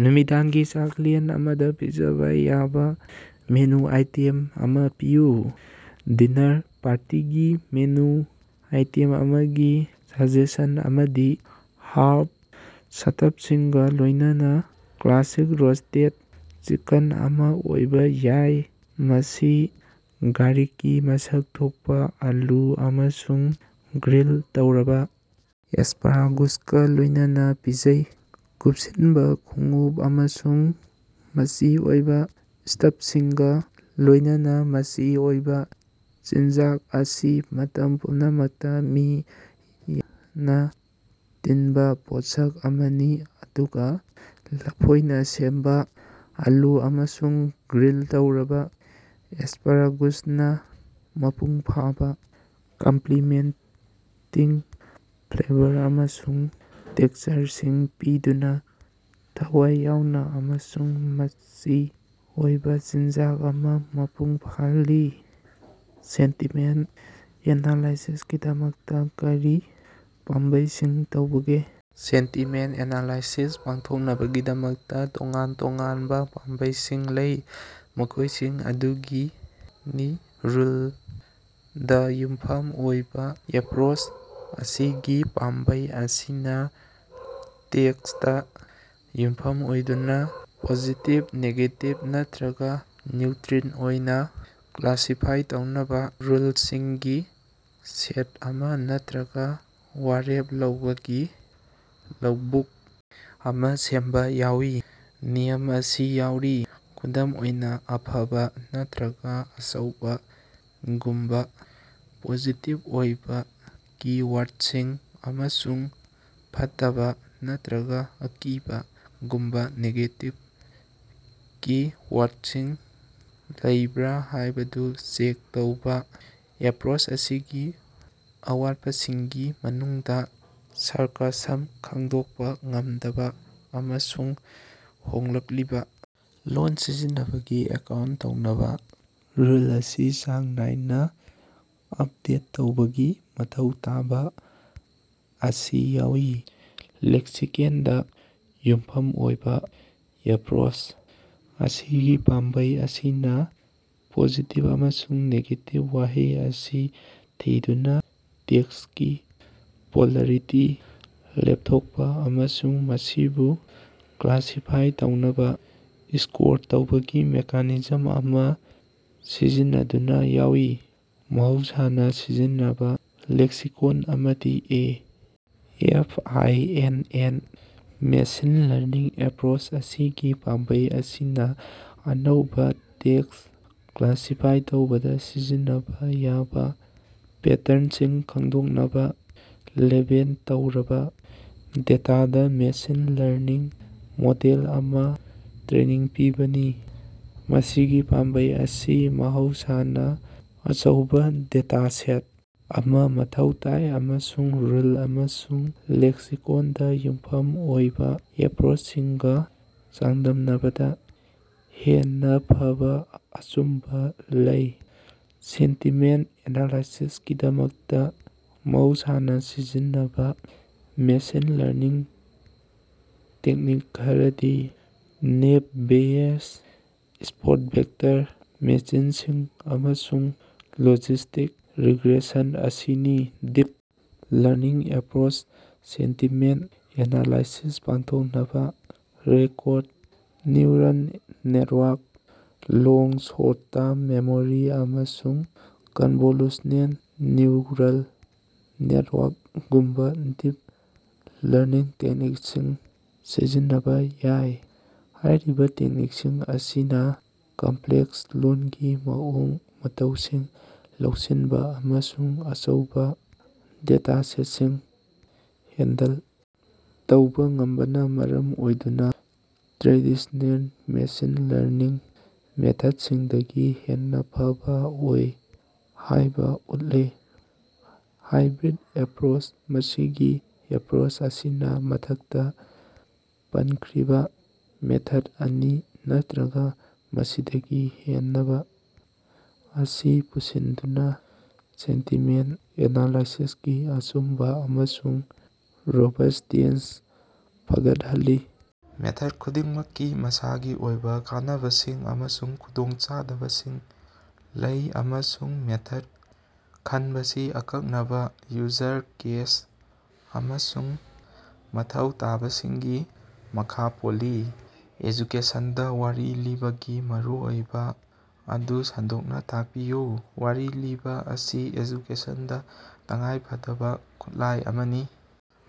ꯅꯨꯃꯤꯗꯥꯡꯒꯤ ꯆꯥꯛꯂꯦꯟ ꯑꯃꯗ ꯄꯤꯖꯕ ꯌꯥꯕꯥ ꯃꯦꯅꯨ ꯑꯥꯏꯇꯦꯝ ꯑꯃ ꯄꯤꯌꯨ꯫ ꯗꯤꯅꯔ ꯄꯥꯔꯇꯤꯒꯤ ꯃꯦꯅꯨ ꯑꯥꯏꯇꯦꯝ ꯑꯃꯒꯤ ꯁꯖꯦꯁꯟ ꯑꯃꯗꯤ ꯍꯔꯕ ꯁ꯭ꯇꯐꯁꯤꯡꯒ ꯂꯣꯏꯅꯅ ꯀ꯭ꯂꯥꯁꯤꯛ ꯔꯣꯁꯇꯦꯗ ꯆꯤꯀꯟ ꯑꯃ ꯑꯣꯏꯕ ꯌꯥꯏ, ꯃꯁꯤ ꯒꯥꯔꯤꯛꯀꯤ ꯃꯁꯛ ꯊꯣꯛꯄ ꯑꯥꯂꯨ ꯑꯃꯁꯨꯡ ꯒ꯭ꯔꯤꯜ ꯇꯧꯔꯕ ꯑꯦꯁꯄꯔꯥꯒꯨꯁꯀ ꯂꯣꯏꯅꯅ ꯄꯤꯖꯩ꯫ ꯀꯨꯞꯁꯤꯟꯕ ꯈꯣꯡꯎꯞ ꯑꯃꯁꯨꯡ ꯃꯆꯤ ꯑꯣꯏꯕ ꯁ꯭ꯇꯐꯁꯤꯡꯒ ꯂꯣꯏꯅꯅ ꯃꯆꯤ ꯑꯣꯏꯕ ꯆꯤꯟꯖꯥꯛ ꯑꯁꯤ ꯃꯇꯝ ꯄꯨꯝꯅꯃꯛꯇ ꯃꯤ ꯌꯥꯝꯅ ꯇꯤꯟꯕ ꯄꯣꯠꯁꯛ ꯑꯃꯅꯤ ꯑꯗꯨꯒ ꯂꯐꯣꯏꯅ ꯁꯦꯝꯕ ꯑꯥꯂꯨ ꯑꯃꯁꯨꯡ ꯒ꯭ꯔꯤꯜ ꯇꯧꯔꯕ ꯑꯦꯁꯄꯔꯥꯒꯨꯁꯅ ꯃꯄꯨꯡ ꯐꯥꯕ ꯀꯝꯄ꯭ꯂꯤꯃꯦꯟꯇꯤꯡ ꯐ꯭ꯂꯦꯕꯔ ꯑꯃꯁꯨꯡ ꯇꯦꯛꯁꯆꯔꯁꯤꯡ ꯄꯤꯗꯨꯅ ꯊꯋꯥꯏ ꯌꯥꯎꯕ ꯑꯃꯁꯨꯡ ꯃꯆꯤ ꯑꯣꯏꯕ ꯆꯤꯟꯖꯥꯛ ꯑꯃ ꯃꯄꯨꯡ ꯐꯥꯍꯜꯂꯤ꯫ ꯁꯦꯟꯇꯤꯃꯦꯟꯠ ꯑꯦꯅꯥꯂꯥꯏꯁꯤꯁꯀꯤꯗꯃꯛꯇ ꯀꯔꯤ ꯄꯥꯝꯕꯩꯁꯤꯡ ꯂꯩꯕꯒꯦ? ꯁꯦꯟꯇꯤꯃꯦꯟꯠ ꯑꯦꯅꯥꯂꯥꯏꯁꯤꯁ ꯄꯥꯡꯊꯣꯛꯅꯕꯒꯤꯗꯃꯛꯇ ꯇꯣꯉꯥꯟ ꯇꯣꯉꯥꯟꯕ ꯄꯥꯝꯕꯩꯁꯤꯡ ꯂꯩ, ꯃꯈꯣꯏꯁꯤꯡ ꯑꯗꯨꯗꯤ- ꯔꯨꯜꯗ ꯌꯨꯝꯐꯝ ꯑꯣꯏꯕ ꯑꯦꯄ꯭ꯔꯣꯆ: ꯃꯁꯤꯒꯤ ꯄꯥꯝꯕꯩ ꯑꯁꯤꯅ ꯇꯦꯛꯁꯇ ꯌꯨꯝꯐꯝ ꯑꯣꯏꯗꯨꯅ ꯄꯣꯖꯤꯇꯤꯕ, ꯅꯦꯒꯦꯇꯤꯕ ꯅꯠꯇ꯭ꯔꯒ ꯅ꯭ꯌꯨꯇ꯭ꯔꯤꯜ ꯑꯣꯏꯅ ꯀ꯭ꯂꯥꯁꯤꯐꯥꯏ ꯇꯧꯅꯕ ꯔꯨꯜꯁꯤꯡꯒꯤ ꯁꯦꯠ ꯑꯃ ꯅꯠꯇ꯭ꯔꯒ ꯋꯥꯔꯦꯞ ꯂꯧꯕꯒꯤ ꯂꯧꯕꯨꯛ ꯑꯃ ꯁꯦꯝꯕ ꯌꯥꯎꯏ꯫ ꯅꯤꯌꯝ ꯑꯁꯤ ꯌꯥꯎꯔꯤ꯫ ꯈꯨꯗꯝ ꯑꯣꯏꯅ, "ꯑꯐꯕ" ꯅꯠꯇ꯭ꯔꯒ "ꯑꯆꯧꯕ"ꯒꯨꯝꯕ ꯄꯣꯖꯤꯇꯤꯕ ꯑꯣꯏꯕ ꯀꯤ-ꯋꯥꯔꯗꯁꯤꯡ ꯑꯃꯁꯨꯡ "ꯐꯠꯇꯕ" ꯅꯠꯇ꯭ꯔꯒ "ꯑꯀꯤꯕ"ꯒꯨꯝꯕ ꯅꯦꯒꯦꯇꯤꯕ ꯀꯤ-ꯋꯥꯔꯗꯁꯤꯡ ꯂꯩꯕ꯭ꯔ ꯍꯥꯏꯕꯗꯨ ꯆꯦꯛ ꯇꯧꯕ꯫ ꯑꯦꯄ꯭ꯔꯣꯆ ꯑꯁꯤꯒꯤ ꯑꯋꯥꯠꯄꯁꯤꯡꯒꯤ ꯃꯅꯨꯡꯗ ꯁꯥꯔꯀꯥꯁꯝ ꯈꯪꯗꯣꯛꯄ ꯉꯝꯗꯕ, ꯑꯃꯁꯨꯡ ꯍꯣꯡꯂꯛꯂꯤꯕ ꯂꯣꯜ ꯁꯤꯖꯤꯟꯅꯕꯒꯤ ꯑꯦꯀꯥꯎꯟꯠ ꯇꯧꯅꯕ ꯔꯨꯜꯁꯤꯡ ꯑꯁꯤ ꯆꯥꯡ ꯅꯥꯏꯅ ꯑꯞꯗꯦꯠ ꯇꯧꯕꯒꯤ ꯃꯊꯧ ꯇꯥꯕ ꯑꯁꯤ ꯌꯥꯎꯏ꯫ ꯂꯦꯛꯁꯤꯀꯣꯟꯗ ꯌꯨꯝꯐꯝ ꯑꯣꯏꯕ ꯑꯦꯄ꯭ꯔꯣꯆ: ꯃꯁꯤꯒꯤ ꯄꯥꯝꯕꯩ ꯑꯁꯤꯅ ꯄꯣꯖꯤꯇꯤꯕ ꯑꯃꯁꯨꯡ ꯅꯦꯒꯦꯇꯤꯕ ꯋꯥꯍꯩ ꯃꯁꯤꯡ ꯊꯤꯗꯨꯅ ꯇꯦꯛꯁꯀꯤ ꯄꯣꯂꯔꯤꯇꯤ ꯂꯦꯞꯊꯣꯛꯄ ꯑꯃꯁꯨꯡ ꯃꯁꯤꯕꯨ ꯀ꯭ꯂꯥꯁꯤꯐꯥꯏ ꯇꯧꯅꯕ ꯁ꯭ꯀꯣꯔ ꯇꯧꯕꯒꯤ ꯃꯦꯀꯥꯅꯤꯖꯝ ꯑꯃ ꯁꯤꯖꯤꯟꯅꯗꯨꯅ ꯌꯥꯎꯏ꯫ ꯃꯍꯧꯁꯥꯅ ꯁꯤꯖꯤꯟꯅꯕ ꯂꯦꯛꯁꯤꯀꯣꯟ ꯑꯃꯗꯤ A. F. I. N. N. Machine learning approach: ꯃꯁꯤꯒꯤ ꯄꯥꯝꯕꯩ ꯑꯁꯤꯅ ꯑꯅꯧꯕ ꯇꯦꯛꯁ ꯀ꯭ꯂꯥꯁꯤꯐꯥꯏ ꯇꯧꯕꯗ ꯁꯤꯖꯤꯟꯅꯕ ꯌꯥꯕ ꯄꯦꯇꯔꯟꯁꯤꯡ ꯈꯪꯗꯣꯛꯅꯕ ꯂꯦꯕꯦꯜ ꯇꯧꯔꯕ ꯗꯦꯇꯥꯗ ꯃꯦꯁꯤꯟ ꯂꯔꯅꯤꯡ ꯃꯣꯗꯦꯜ ꯑꯃ ꯇ꯭ꯔꯦꯅꯤꯡ ꯄꯤꯕꯅꯤ꯫ ꯃꯁꯤꯒꯤ ꯄꯥꯝꯕꯩ ꯑꯁꯤ ꯃꯍꯧꯁꯥꯅ ꯑꯆꯧꯕ ꯗꯦꯇꯥꯁꯦꯠ ꯑꯃ ꯃꯊꯧ ꯇꯥꯏ ꯑꯃꯁꯨꯡ ꯔꯨꯜ ꯑꯃꯁꯨꯡ ꯂꯦꯛꯁꯤꯀꯣꯟꯗ ꯌꯨꯝꯐꯝ ꯑꯣꯏꯕ ꯑꯦꯄ꯭ꯔꯣꯆꯁꯤꯡꯒ ꯆꯥꯡꯗꯝꯅꯕꯗ ꯍꯦꯟꯅ ꯐꯕ ꯑꯆꯨꯝꯕ ꯂꯩ꯫ ꯁꯦꯟꯇꯤꯃꯦꯟꯠ ꯑꯦꯅꯥꯂꯥꯏꯁꯤꯁꯀꯤꯗꯃꯛꯇ ꯃꯍꯧꯁꯥꯅ ꯁꯤꯖꯤꯟꯅꯕ ꯃꯦꯁꯤꯟ ꯂꯔꯅꯤꯡ ꯇꯦꯛꯅꯤꯛ ꯈꯔꯗꯤ ꯅꯦꯏꯕ ꯕꯦꯌꯦꯁ, ꯁꯄꯣꯔꯠ ꯚꯦꯛꯇꯔ ꯃꯦꯁꯤꯟꯁꯤꯡ, ꯑꯃꯁꯨꯡ ꯂꯣꯖꯤꯁꯇꯤꯛ ꯔꯤꯒ꯭ꯔꯦꯁꯟ ꯑꯁꯤꯅꯤ꯫ Deep learning approach: sentiment analysis ꯄꯥꯡꯊꯣꯛꯅꯕ recurrent neural network, long short term memory ꯑꯃꯁꯨꯡ ꯀꯟꯚꯣꯂꯨꯁꯅꯦꯜ ꯅ꯭ꯌꯨꯔꯜ ꯅꯦꯠꯋꯥꯔꯛ ꯒꯨꯝꯕ ꯗꯤꯞ ꯂꯔꯅꯤꯡ ꯇꯦꯛꯅꯤꯛꯁꯤꯡ ꯁꯤꯖꯤꯟꯅꯕ ꯌꯥꯏ꯫ ꯍꯥꯏꯔꯤꯕ ꯇꯦꯛꯅꯤꯛꯁꯤꯡ ꯑꯁꯤꯅ ꯀꯝꯄ꯭ꯂꯦꯛꯁ ꯂꯣꯜꯒꯤ ꯃꯑꯣꯡ ꯃꯇꯧꯁꯤꯡ ꯂꯧꯁꯤꯟꯕ ꯑꯃꯁꯨꯡ ꯑꯆꯧꯕ ꯗꯦꯇꯥꯁꯦꯠꯁꯤꯡ ꯍꯦꯟꯗꯜ ꯇꯧꯕ ꯉꯝꯕꯅ ꯃꯔꯝ ꯑꯣꯏꯗꯨꯅ ꯇ꯭ꯔꯦꯗꯤꯁꯅꯦꯜ ꯃꯦꯁꯤꯟ ꯂꯔꯅꯤꯡ ꯃꯦꯊꯗꯁꯤꯡꯗꯒꯤ ꯍꯦꯟꯅ ꯐꯕ ꯑꯣꯏ ꯍꯥꯏꯕ ꯎꯠꯂꯦ꯫ ꯍꯥꯏꯕ꯭ꯔꯤꯗ ꯑꯦꯄ꯭ꯔꯣꯆ: ꯃꯁꯤꯒꯤ ꯑꯦꯄ꯭ꯔꯣꯆ ꯑꯁꯤꯅ ꯃꯊꯛꯇ ꯄꯟꯈ꯭ꯔꯤꯕ ꯃꯦꯊꯗ ꯑꯅꯤ ꯅꯠꯇ꯭ꯔꯒ ꯃꯁꯤꯗꯒꯤ ꯍꯦꯟꯅꯕ ꯑꯁꯤ ꯄꯨꯟꯁꯤꯟꯗꯨꯅ ꯁꯦꯟꯇꯤꯃꯦꯟꯠ ꯑꯦꯅꯥꯂꯥꯏꯁꯤꯁꯀꯤ ꯑꯆꯨꯝꯕ ꯑꯃꯁꯨꯡ ꯔꯣꯕꯁꯇꯦꯟꯁ ꯐꯒꯠꯍꯜꯂꯤ꯫ ꯃꯦꯊꯗ ꯈꯨꯗꯤꯡꯃꯛꯀꯤ ꯃꯁꯥꯒꯤ ꯑꯣꯏꯕ ꯀꯥꯟꯅꯕꯁꯤꯡ ꯑꯃꯁꯨꯡ ꯈꯨꯗꯣꯡꯆꯥꯗꯕꯁꯤꯡ ꯂꯩ, ꯑꯃꯁꯨꯡ ꯃꯦꯊꯗ ꯈꯟꯕꯁꯤ ꯑꯀꯛꯅꯕ ꯌꯨꯖꯔ ꯀꯦꯁ ꯑꯃꯁꯨꯡ ꯃꯊꯧ ꯇꯥꯕꯁꯤꯡꯒꯤ ꯃꯈꯥ ꯄꯣꯜꯂꯤ꯫ ꯑꯦꯖꯨꯀꯦꯁꯟꯗ ꯋꯥꯔꯤ ꯂꯤꯕꯒꯤ ꯃꯔꯨꯑꯣꯏꯕ ꯑꯗꯨ ꯁꯟꯗꯣꯛꯅ ꯇꯥꯛꯄꯤꯌꯨ꯫ ꯋꯥꯔꯤ ꯂꯤꯕ ꯑꯁꯤ ꯑꯦꯖꯨꯀꯦꯁꯟꯗ ꯇꯉꯥꯏꯐꯗꯕ ꯈꯨꯠꯂꯥꯏ ꯑꯃꯅꯤ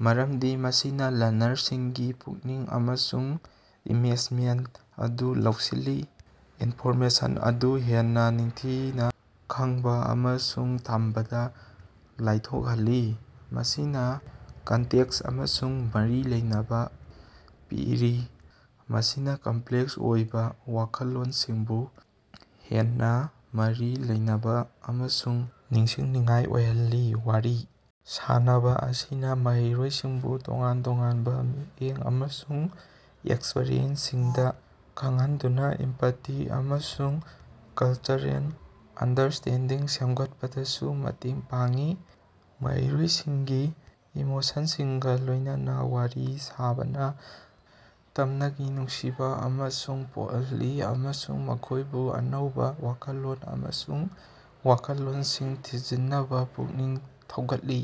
ꯃꯔꯝꯗꯤ ꯃꯁꯤꯅ ꯂꯔꯅꯔꯁꯤꯡꯒꯤ ꯄꯨꯛꯅꯤꯡ ꯑꯃꯁꯨꯡ ꯏꯃꯦꯖꯃꯦꯟꯠ ꯑꯗꯨ ꯂꯧꯁꯤꯜꯂꯤ, ꯏꯟꯐꯣꯔꯃꯦꯁꯟ ꯑꯗꯨ ꯍꯦꯟꯅ ꯅꯤꯡꯊꯤꯅ ꯈꯪꯕ ꯑꯃꯁꯨꯡ ꯊꯝꯕꯗ ꯂꯥꯏꯊꯣꯛꯍꯜꯂꯤ꯫ ꯃꯁꯤꯅ ꯀꯟꯇꯦꯛꯁ ꯑꯃꯁꯨꯡ ꯃꯔꯤ ꯂꯩꯅꯕ ꯄꯤꯔꯤ, ꯃꯁꯤꯅ ꯀꯝꯄ꯭ꯂꯦꯛꯁ ꯑꯣꯏꯕ ꯋꯥꯈꯜꯂꯣꯟꯁꯤꯡꯕꯨ ꯍꯦꯟꯅ ꯃꯔꯤ ꯂꯩꯅꯕ ꯑꯃꯁꯨꯡ ꯅꯤꯡꯁꯤꯡꯅꯤꯡꯉꯥꯏ ꯑꯣꯏꯍꯜꯂꯤ꯫ ꯋꯥꯔꯤ ꯁꯥꯅꯕ ꯑꯁꯤꯅ ꯃꯍꯩꯔꯣꯏꯁꯤꯡꯕꯨ ꯇꯣꯉꯥꯟ ꯇꯣꯉꯥꯟꯕ ꯃꯤꯠꯌꯦꯡ ꯑꯃꯁꯨꯡ ꯑꯦꯛꯁꯄꯔꯤꯌꯦꯟꯁꯁꯤꯡꯗ ꯈꯪꯍꯟꯗꯨꯅ ꯏꯝꯄꯇꯤ ꯑꯃꯁꯨꯡ ꯀꯜꯆꯔꯦꯜ ꯑꯟꯗꯔꯁꯇꯦꯟꯗꯤꯡ ꯁꯦꯝꯒꯠꯄꯗꯁꯨ ꯃꯇꯦꯡ ꯄꯥꯡꯏ꯫ ꯃꯍꯩꯔꯣꯏꯁꯤꯡꯒꯤ ꯏꯃꯣꯁꯟꯁꯤꯡꯒ ꯂꯣꯏꯅꯅ ꯋꯥꯔꯤ ꯁꯥꯅꯕꯅ ꯇꯝꯅꯕꯒꯤ ꯅꯨꯡꯁꯤꯕ ꯑꯃ ꯄꯣꯛꯍꯜꯂꯤ ꯑꯃꯁꯨꯡ ꯃꯈꯣꯏꯕꯨ ꯑꯅꯧꯕ ꯋꯥꯈꯜꯂꯣꯟ ꯑꯃꯁꯨꯡ ꯋꯥꯈꯜꯂꯣꯟꯁꯤꯡ ꯊꯤꯖꯤꯟꯅꯕ ꯄꯨꯛꯅꯤꯡ ꯊꯧꯒꯠꯂꯤ